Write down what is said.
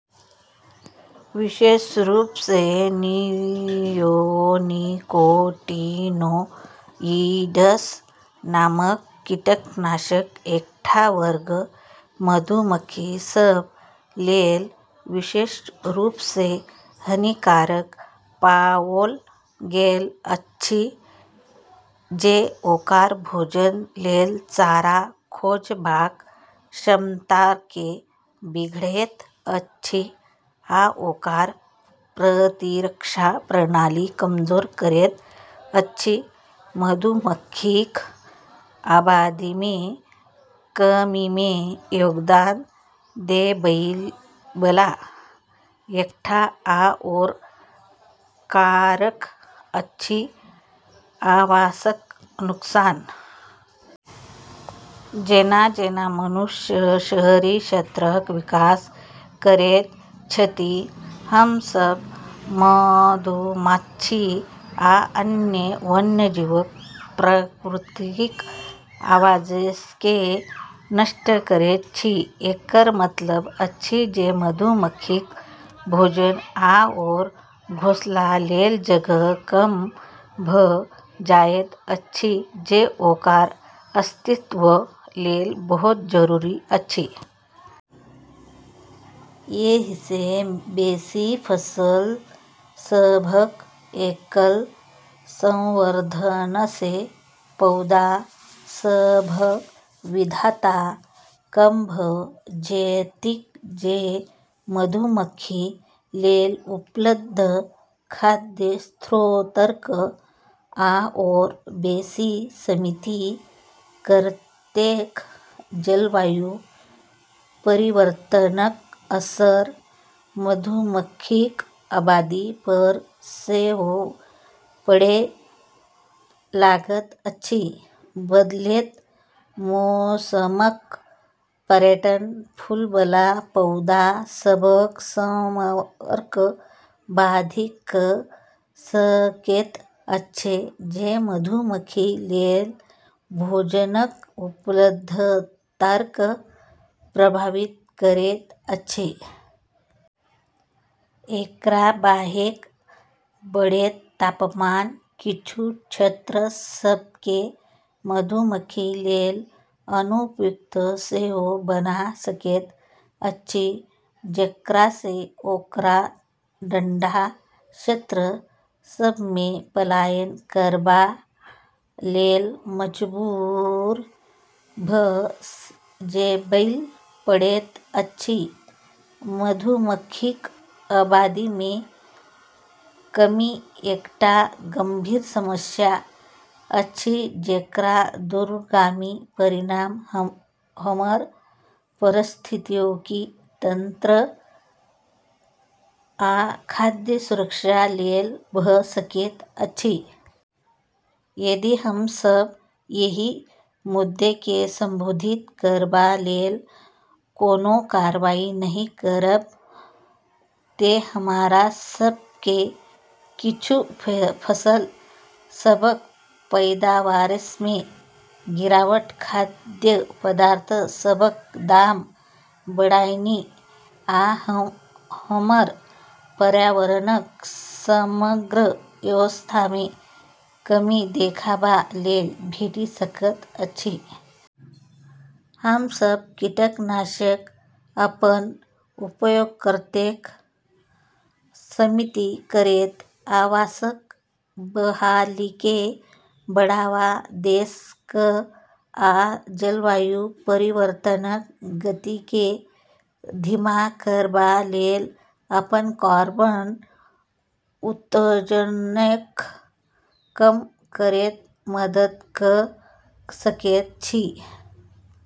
विशेष रूपसँ नियोनिकोटिनोइड्स नामक कीटनाशकक एकटा वर्ग मधुमक्खी सभ लेल विशेष रूपसँ हानिकारक पाओल गेल अछि, जे ओकर भोजन लेल चारा खोजबाक क्षमताकेँ बिगाड़ैत अछि आ ओकर प्रतिरक्षा प्रणाली कमजोर करैत अछि। मधुमक्खीक आबादीमे कमीमे योगदान देबैबला एकटा आओर कारक अछि आवासक नुकसान। जेना-जेना मनुष्य शहरी क्षेत्रक विकास करैत छथि, हम सभ मधुमाछी आ अन्य वन्यजीवक प्राकृतिक आवासकेँ नष्ट करैत छी। एकर मतलब अछि जे मधुमक्खीक भोजन आओर घोंसला लेल जगह कम भऽ जाइत अछि, जे ओकर अस्तित्व लेल बहुत जरूरी अछि। एहिसँ बेसी फसल सभक एकल संवर्धनसँ पौधा सभक विविधता कम भऽ जेतैक, जे मधुमक्खी लेल उपलब्ध खाद्य स्रोतकेँ आओर बेसी सीमित करतैक। जलवायु परिवर्तनक असर मधुमक्खीक आबादी पर सेहो पड़ै लागल अछि। बदलैत मौसमक पैटर्न फूलबला पौधा सभक समयकेँ बाधित कऽ सकैत अछि, जे मधुमक्खी लेल भोजनक उपलब्धताकेँ प्रभावित करैत अछि। एकरा बाहेक बढ़ैत तापमान किछु क्षेत्र सभकेँ मधुमक्खी लेल अनुपयुक्त सेहो बना सकैत अछि, जेकरासँ ओकरा ठंढा क्षेत्र सभमे पलायन करबा लेल मजबूर भऽ जेबैल पड़ैत अछि। मधुमक्खीक आबादीमे कमी एकटा गंभीर समस्या अछि जेकर दूरगामी परिणाम हमर पारिस्थितिकी तंत्र आ खाद्य सुरक्षा लेल भऽ सकैत अछि। यदि हम सभ एहि मुद्दाकेँ संबोधित करबा लेल कोनो कार्रवाई नहि करब तँ हमरा सभकेँ किछु फसल सभक पैदावारमे गिरावट, खाद्य पदार्थ सभक दाम बढ़नाइ, आ हमर पर्यावरणक समग्र स्वास्थ्यमे कमी देखबा लेल भेटि सकैत अछि। हम सभ कीटनाशकक अपन उपयोगकेँ सीमित करैत, आवासक बहालीकेँ बढ़ावा दऽ कऽ, आ जलवायु परिवर्तनक गतिकेँ धीमा करबा लेल अपन कार्बन उत्सर्जनकेँ कम करैत मदद कऽ सकैत छी।